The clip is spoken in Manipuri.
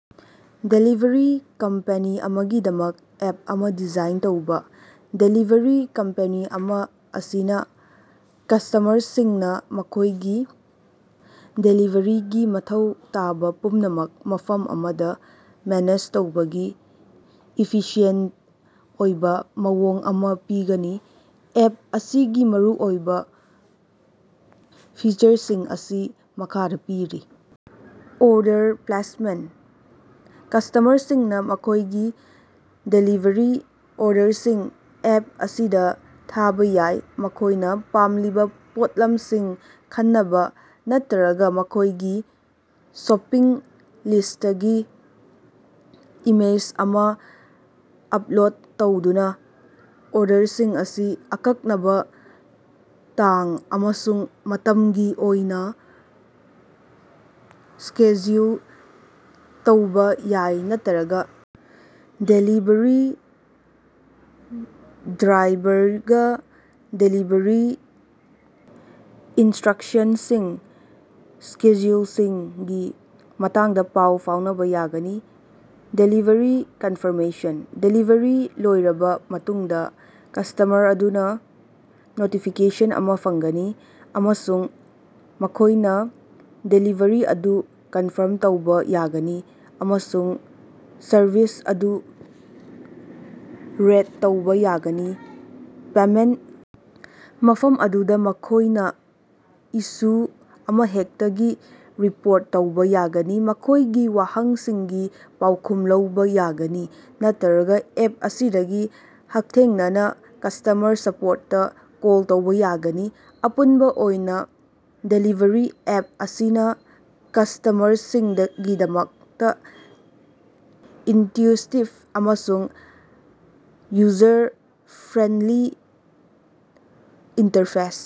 ꯗꯦꯂꯤꯕꯔꯤ ꯀꯝꯄꯦꯅꯤ ꯑꯃꯒꯤꯗꯃꯛ ꯑꯦꯞ ꯑꯃ ꯗꯤꯖꯥꯏꯟ ꯇꯧꯕ꯫ ꯗꯦꯂꯤꯕꯔꯤ ꯀꯝꯄꯦꯅꯤ ꯑꯦꯞ ꯑꯁꯤꯅ ꯀꯁꯇꯃꯔꯁꯤꯡꯅ ꯃꯈꯣꯏꯒꯤ ꯗꯦꯂꯤꯕꯔꯤꯒꯤ ꯃꯊꯧ ꯇꯥꯕ ꯄꯨꯝꯅꯃꯛ ꯃꯐꯝ ꯑꯃꯗ ꯃꯦꯅꯦꯖ ꯇꯧꯕꯒꯤ ꯏꯐꯤꯁꯤꯌꯦꯟꯇ ꯑꯣꯏꯕ ꯃꯑꯣꯡ ꯑꯃ ꯄꯤꯒꯅꯤ꯫ ꯑꯦꯞ ꯑꯁꯤꯒꯤ ꯃꯔꯨꯑꯣꯏꯕ ꯐꯤꯆꯔꯁꯤꯡ ꯑꯁꯤ ꯃꯈꯥꯗ ꯄꯤꯔꯤ: ꯑꯣꯔꯗꯔ ꯄ꯭ꯂꯦꯁꯃꯦꯟꯇ: ꯀꯁꯇꯃꯔꯁꯤꯡꯅ ꯃꯈꯣꯏꯒꯤ ꯗꯦꯂꯤꯕꯔꯤ ꯑꯣꯔꯗꯔꯁꯤꯡ ꯑꯦꯞ ꯑꯁꯤꯗ ꯊꯥꯕ ꯌꯥꯏ, ꯃꯈꯣꯏꯅ ꯄꯥꯝꯂꯤꯕ ꯄꯣꯠꯂꯝꯁꯤꯡ ꯈꯟꯅꯕ ꯅꯠꯇ꯭ꯔꯒ ꯃꯈꯣꯏꯒꯤ ꯁꯣꯄꯤꯡ ꯂꯤꯁ꯭ꯇꯀꯤ ꯏꯃꯦꯖ ꯑꯃ ꯑꯞꯂꯣꯗ ꯇꯧꯗꯨꯅ꯫ ꯑꯣꯔꯗꯔꯁꯤꯡ ꯑꯁꯤ ꯑꯀꯛꯅꯕ ꯇꯥꯡ ꯑꯃꯁꯨꯡ ꯃꯇꯝꯒꯤ ꯑꯣꯏꯅ ꯁꯦꯗ꯭ꯌꯨꯜ ꯇꯧꯕ ꯌꯥꯏ ꯅꯠꯇ꯭ꯔꯒ ꯗꯦꯂꯤꯚꯔꯤ ꯗ꯭ꯔꯥꯏꯚꯔꯒ ꯗꯦꯂꯤꯚꯔꯤ ꯏꯟꯁꯇ‌꯭ꯔꯛꯁꯟꯁꯤꯡ, ꯁꯦꯗ꯭ꯌꯨꯜꯁꯤꯡꯒꯤ ꯃꯇꯥꯡꯗ ꯄꯥꯎ ꯐꯥꯎꯅꯕ ꯌꯥꯒꯅꯤ꯫ ꯗꯦꯂꯤꯚꯔꯤ ꯀꯟꯐꯥꯔꯃꯦꯁꯟ: ꯗꯦꯂꯤꯚꯔꯤ ꯂꯣꯏꯔꯕ ꯃꯇꯨꯡꯗ ꯀꯁꯇꯃꯔ ꯑꯗꯨꯅ ꯅꯣꯇꯤꯐꯤꯀꯦꯁꯟ ꯑꯃ ꯐꯪꯒꯅꯤ, ꯑꯃꯁꯨꯡ ꯃꯈꯣꯏꯅ ꯗꯦꯂꯤꯚꯔꯤ ꯑꯗꯨ ꯀꯟꯐꯥꯔꯝ ꯇꯧꯕ ꯌꯥꯒꯅꯤ ꯑꯃꯁꯨꯡ ꯁꯔꯚꯤꯁ ꯑꯗꯨ ꯔꯦꯠ ꯇꯧꯕ ꯌꯥꯒꯅꯤ꯫ ꯄꯦꯃꯦꯟꯇ: ꯃꯐꯝ ꯑꯗꯨꯗ ꯃꯈꯣꯏꯅ ꯏꯁꯨ ꯑꯃꯍꯦꯛꯇꯒꯤ ꯔꯤꯄꯣꯔꯠ ꯇꯧꯕ ꯌꯥꯒꯅꯤ, ꯃꯈꯣꯏꯒꯤ ꯋꯥꯍꯪꯁꯤꯡꯒꯤ ꯄꯥꯎꯈꯨꯝ ꯂꯧꯕ ꯌꯥꯒꯅꯤ, ꯅꯠꯇ‌꯭ꯔꯒ ꯑꯦꯞ ꯑꯁꯤꯗꯒꯤ ꯍꯛꯊꯦꯡꯅꯅ ꯀꯁ꯭ꯇꯃꯔ ꯁꯄꯣꯔꯇꯇ ꯀꯣꯜ ꯇꯧꯕ ꯌꯥꯒꯅꯤ꯫ ꯑꯄꯨꯟꯕ ꯑꯣꯏꯅ, ꯗꯦꯂꯤꯕꯔꯤ ꯑꯦꯞ ꯑꯁꯤꯅ ꯀꯁꯇꯃꯔꯁꯤꯡꯒꯤꯗꯃꯛꯇ ꯏꯟꯇ꯭ꯌꯨꯏꯇꯤꯕ ꯑꯃꯁꯨꯡ ꯌꯨꯖꯔ ꯐ꯭ꯔꯦꯟꯗꯂꯤ ꯏꯟꯇꯔꯐꯦꯁ